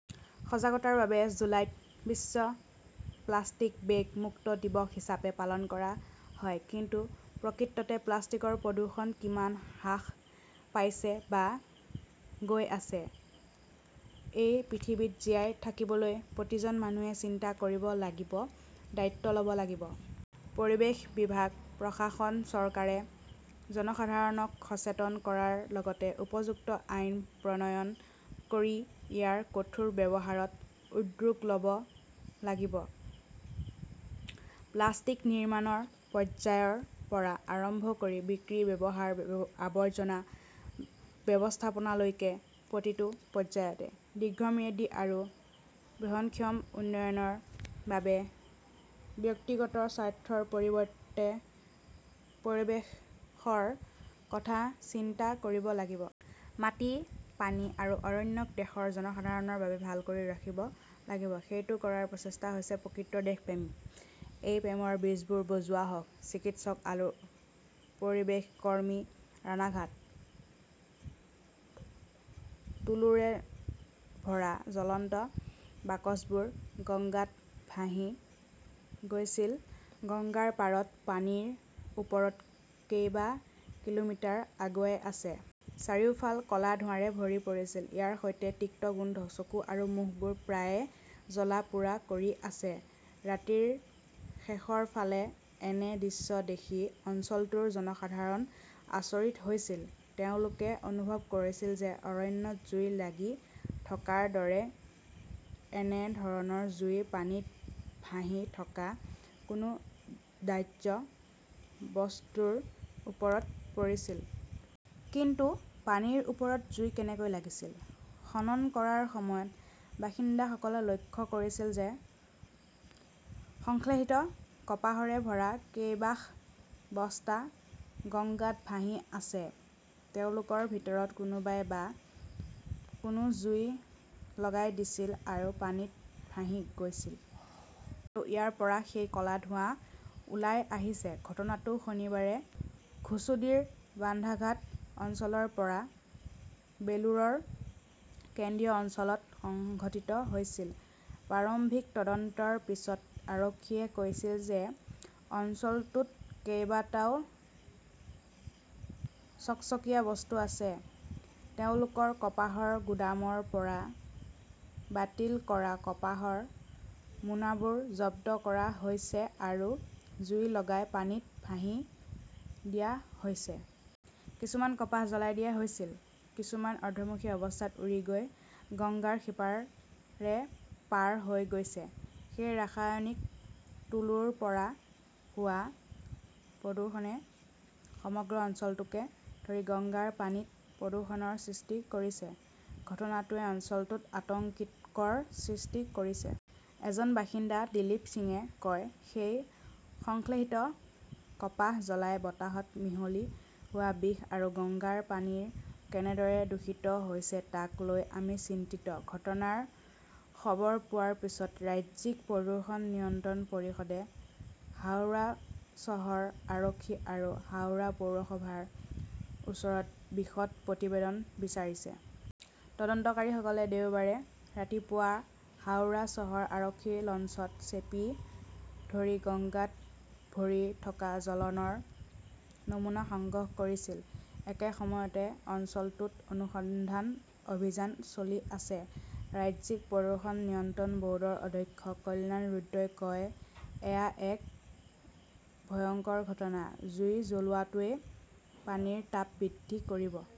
সজাগতাৰ বাবে জুলাইত বিশ্ব প্লাষ্টিক বেগ মুক্ত দিৱস হিচাপে পালন কৰা হয়। কিন্তু প্ৰকৃততে প্লাষ্টিকৰ প্ৰদূষণ কিমান হ্ৰাস পাইছে বা গৈ আছে? এই পৃথিৱীত জীয়াই থাকিবলৈ প্ৰতিজন মানুহে চিন্তা কৰিব লাগিব, দায়িত্ব ল'ব লাগিব। পৰিৱেশ বিভাগ, প্ৰশাসন, চৰকাৰে জনসাধাৰণক সচেতন কৰাৰ লগতে উপযুক্ত আইন প্ৰণয়ন কৰি ইয়াৰ কঠোৰ ব্যৱহাৰত উদ্যোগ ল'ব লাগিব। প্লাষ্টিক নিৰ্মাণৰ পৰ্যায়ৰ পৰা আৰম্ভ কৰি বিক্ৰী, ব্যৱহাৰ, আৱৰ্জনা ব্যৱস্থাপনালৈকে প্ৰতিটো পৰ্যায়তে। দীৰ্ঘম্যাদী আৰু বহনক্ষম উন্নয়নৰ বাবে ব্যক্তিগত স্বাৰ্থৰ পৰিৱৰ্তে পৰিৱেশৰ কথা চিন্তা কৰিব লাগিব। মাটি, পানী আৰু অৰণ্যক দেশৰ জনসাধাৰণৰ বাবে ভাল কৰি ৰাখিব লাগিব। সেইটো কৰাৰ প্ৰচেষ্টা হৈছে প্ৰকৃত দেশপ্ৰেম। এই প্ৰেমৰ বীজবোৰ বজোৱা হওক। চিকিৎসক আৰু পৰিৱেশ কৰ্মী, ৰাণাঘাট। তুলোৰে ভৰা জ্বলন্ত বাকচবোৰ গঙ্গাত ভাহি গৈছিল গংগাৰ পাৰত পানীৰ ওপৰত কেইবা কিলোমিটাৰ আগুৱাই আছে। চাৰিওফাল ক'লা ধোঁৱাৰে ভৰি পৰিছিল। ইয়াৰ সৈতে তিক্ত গোন্ধ। চকু আৰু মুখবোৰ প্ৰায়ে জ্বলা-পোৰা কৰি আছে। ৰাতিৰ শেষৰ ফালে এনে দৃশ্য দেখি অঞ্চলটোৰ জনসাধাৰণ আচৰিত হৈছিল। তেওঁলোকে অনুভৱ কৰিছিল যে অৰণ্যত জুই লাগি থকাৰ দৰে একে ধৰণৰ জুই পানীত ভাহি থকা কোনো দাহ্য বস্তুৰ ওপৰত পৰিছিল। কিন্তু পানীৰ ওপৰত জুই কেনেকৈ লাগিছিল? খনন কৰাৰ সময়ত বাসিন্দাসকলে লক্ষ্য কৰিছিল যে সংশ্লেষিত কপাহৰে ভৰা কেইবাশ বস্তা গঙ্গাত ভাহি আছে। তেওঁলোকৰ ভিতৰত কোনোবাই বা কোনে জুই লগাই দিছিল আৰু পানীত ভাহি গৈছিল। আৰু ইয়াৰ পৰা সেই ক'লা ধোঁৱা ওলাই আহিছে। ঘটনাটো শনিবাৰে ঘুছুডিৰ বান্ধাঘাট অঞ্চলৰ পৰা বেলুৰৰ কেন্দ্ৰীয় অঞ্চলত সংঘটিত হৈছিল। প্ৰাৰম্ভিক তদন্তৰ পিছত আৰক্ষীয়ে কৈছিল যে অঞ্চলটোত কেইবাটাও চকচকীয়া বস্তু আছে। তেওঁলোকৰ কপাহৰ গুদামৰ পৰা বাতিল কৰা কপাহৰ মোনাবোৰ জব্দ কৰা হৈছে আৰু জুই লগাই পানীত ভাহি দিয়া হৈছে। কিছুমান কপাহ জ্বলাই দিয়া হৈছিল। কিছুমান অৰ্ধমুখী অৱস্থাত উৰি গৈ গংগাৰ সিপাৰে পাৰ হৈ গৈছে। সেই ৰাসায়নিক তুলোৰ পৰা হোৱা প্ৰদূষণে সমগ্ৰ অঞ্চলটোকে ধৰি গংগাৰ পানীত প্ৰদূষণৰ সৃষ্টি কৰিছে। ঘটনাটোৱে অঞ্চলটোত আতংকৰ সৃষ্টি কৰিছে। এজন বাসিন্দা দিলীপ সিঙে কয়, সেই সংশ্লেষিত কপাহ জ্বলাই বতাহত মিহলি হোৱা বিষ আৰু গংগাৰ পানী কেনেদৰে দূষিত হৈছে তাক লৈ আমি চিন্তিত। ঘটনাৰ খবৰ পোৱাৰ পিছত ৰাজ্যিক প্ৰদূষণ নিয়ন্ত্ৰণ পৰিষদে হাওৰা চহৰ আৰক্ষী আৰু হাওৰা পৌৰসভাৰ ওচৰত বিশদ প্ৰতিবেদন বিচাৰিছে। তদন্তকাৰীসকলে দেওবাৰে ৰাতিপুৱা হাওৰা চহৰ আৰক্ষীৰ লঞ্চত চেপি ধৰি গঙ্গাত ভৰি থকা জ্বলনৰ নমুনা সংগ্ৰহ কৰিছিল। একে সময়তে অঞ্চলটোত অনুসন্ধান অভিযান চলি আছে। ৰাজ্যিক প্ৰদূষণ নিয়ন্ত্ৰণ বৰ্ডৰ অধ্যক্ষ কল্যাণ ৰুদ্ৰই কয়, এয়া এক ভয়ংকৰ ঘটনা। জুই জ্বলোৱাটোৱে পানীৰ তাপ বৃদ্ধি কৰিব।